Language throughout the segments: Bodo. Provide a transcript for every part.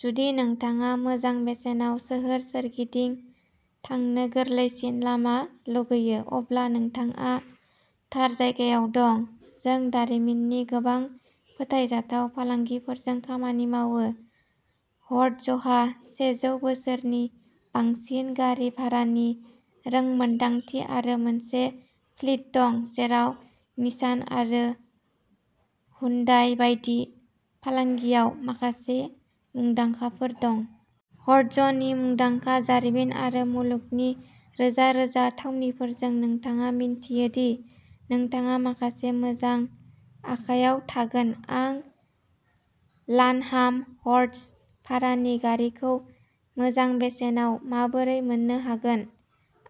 जुदि नोंथाङा मोजां बेसेनाव सोहोर सोरगिदिं थांनो गोरलैसिन लामा लुगैयो, अब्ला नोंथाङा थार जायगायाव दं। जों दारिमिननि गोबां फोथायजाथाव फालांगिफोरजों खामानि मावो। हर्टजहा सेजौ बोसोरनि बांसिन गारि भारानि रोंमोनदांथि आरो मोनसे फ्लीट दं, जेराव निसान आरो हुन्डाइ बायदि फालांगियाव माखासे मुंदांखाफोर दं। हर्टजनि मुंदांखा जारिमिन आरो मुलुगनि रोजा-रोजा थावनिफोरजों, नोंथाङा मिन्थियो दि नोंथाङा माखासे मोजां आखाइयाव थागोन। आं लानहाम हर्टज भारानि गारिखौ मोजां बेसेनाव माबोरै मोन्नो हागोन?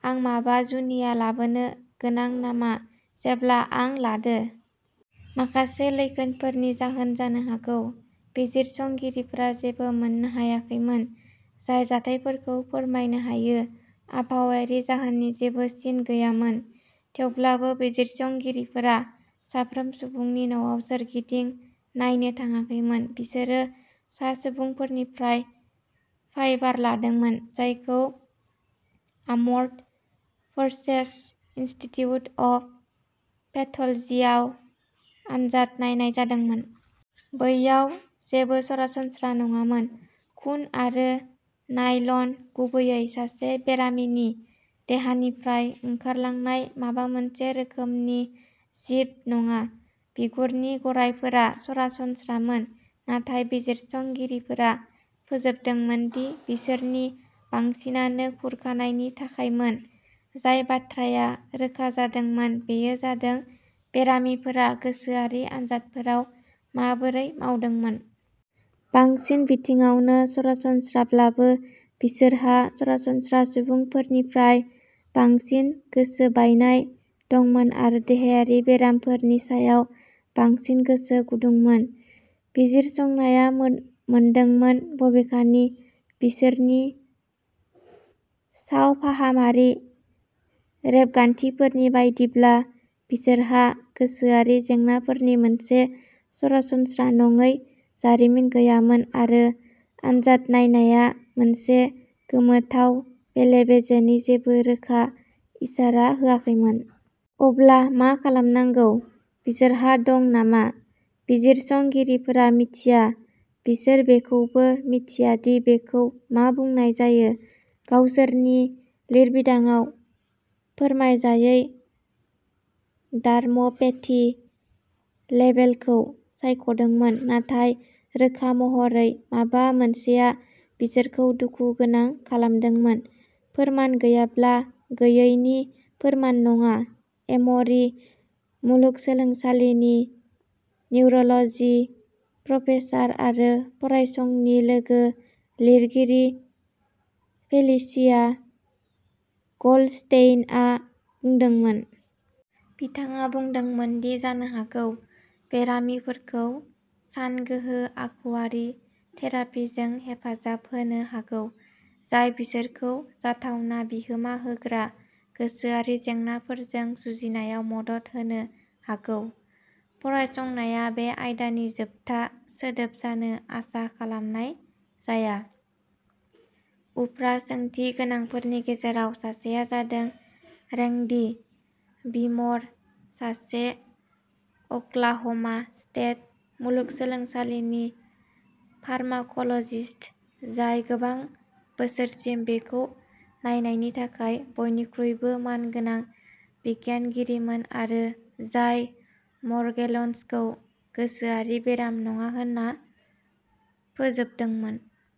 आं माबा जुनिया लाबोनो गोनां नामा जेब्ला आं लादो? माखासे लैखोनफोरनि जाहोन जानो हागौ। बिजिरसंगिरिफोरा जेबो मोननो हायाखैमोन जाय जाथायफोरखौ फोरमायनो हायो। आबहावायारि जाहोननि जेबो सिन गैयामोन, थेवब्लाबो बिजिरसंगिरिफोरा साफ्रोम सुबुंनि न'आव सोरगिदिं नायनो थाङाखैमोन। बिसोरो सा सुबुंफोरनिफ्राय फाइबार लादोंमोन, जायखौ आर्म्ड फोर्सेस इनस्टिट्युट अफ पेथलजियाव आनजाद नायनाय जादोंमोन। बैयाव जेबो सरासनस्रा नङामोन। खुन आरो नायल'न, गुबैयै-सासे बेरामिनि देहानिफ्राय ओंखारलांनाय माबा मोनसे रोखोमनि जिब नङा। बिगुरनि गारायफोरा सरासनस्रामोन, नाथाय बिजिरसंगिरिफोरा फोजोबदोंमोन दि बिसोरनि बांसिनानो खुरखानायनि थाखायमोन। जाय बाथ्राया रोखा जादोंमोन बेयो जादों बेरामिफोरा गोसोआरि आनजादफोराव माबोरै मावदोंमोन। बांसिन बिथिङावनो सरासनस्राब्लाबो, बिसोरहा सरासनस्रा सुबुंफोरनिख्रुइ बांसिन गोसोबायनाय दंमोन आरो देहायारि बेरामफोरनि सायाव बांसिन गोसो गुदुंमोन, बिजिरसंनाया मोनदोंमोन। बबेखानि, बिसोरनि सावफाहामारि रेबगान्थिफोरनि बायदिब्ला, बिसोरहा गोसोआरि जेंनाफोरनि मोनसे सरासनस्रा नङै जारिमिन गैयामोन। आरो आनजाद नायनाया मोनसे गोमोथाव बेले-बेजेनि जेबो रोखा इसारा होआखैमोन। अब्ला मा खालामनांगौ? बिसोरहा दं नामा? बिजिरसंगिरिफोरा मिथिया। बिसोर बेखौबो मिथिया दि बेखौ मा बुंनाय जायो, गावसोरनि लिरबिदांआव "फोरमायजायै डार्म'पेथि" लेबेलखौ सायख'दोंमोन। नाथाय रोखा महरै, माबा मोनसेया बिसोरखौ दुखु गोनां खालामदोंमोन। "फोरमान गैयाब्ला गैयैनि फोरमान नङा", एम'रि मुलुगसोलोंसालिनि निउर'ल'जि प्रफेसार आरो फरायसंनि लोगो-लिरगिरि फेलिसिया ग'ल्डस्टेइनआ बुंदोंमोन। बिथाङा बुंदोंमोन दि जानो हागौ बेरामिफोरखौ सानगोहो आखुयारि थेरापिजों हेफाजाब होनो हागौ जाय बिसोरखौ जाथावना बिहोमा होग्रा गोसोआरि जेंनाफोरजों जुजिनायाव मदद होनो हागौ। फरायसंनाया बे आयदानि जोबथा सोदोब जानो आसा खालामनाय जाया। उफ्रा सोंथि गोनांफोरनि गेजेराव सासेआ जादों रेंडि विम'र, सासे अक्लाह'मा स्टेट मुलुगसोलोंसालिनि फार्माक'ल'जिस्ट, जाय गोबां बोसोरसिम बेखौ नायनायनि थाखाय बयनिख्रुइबो मानगोनां बिगियानगिरिमोन आरो जाय म'र्गेलन्सखौ गोसोआरि बेराम नङा होन्ना फोजोबदोंमोन।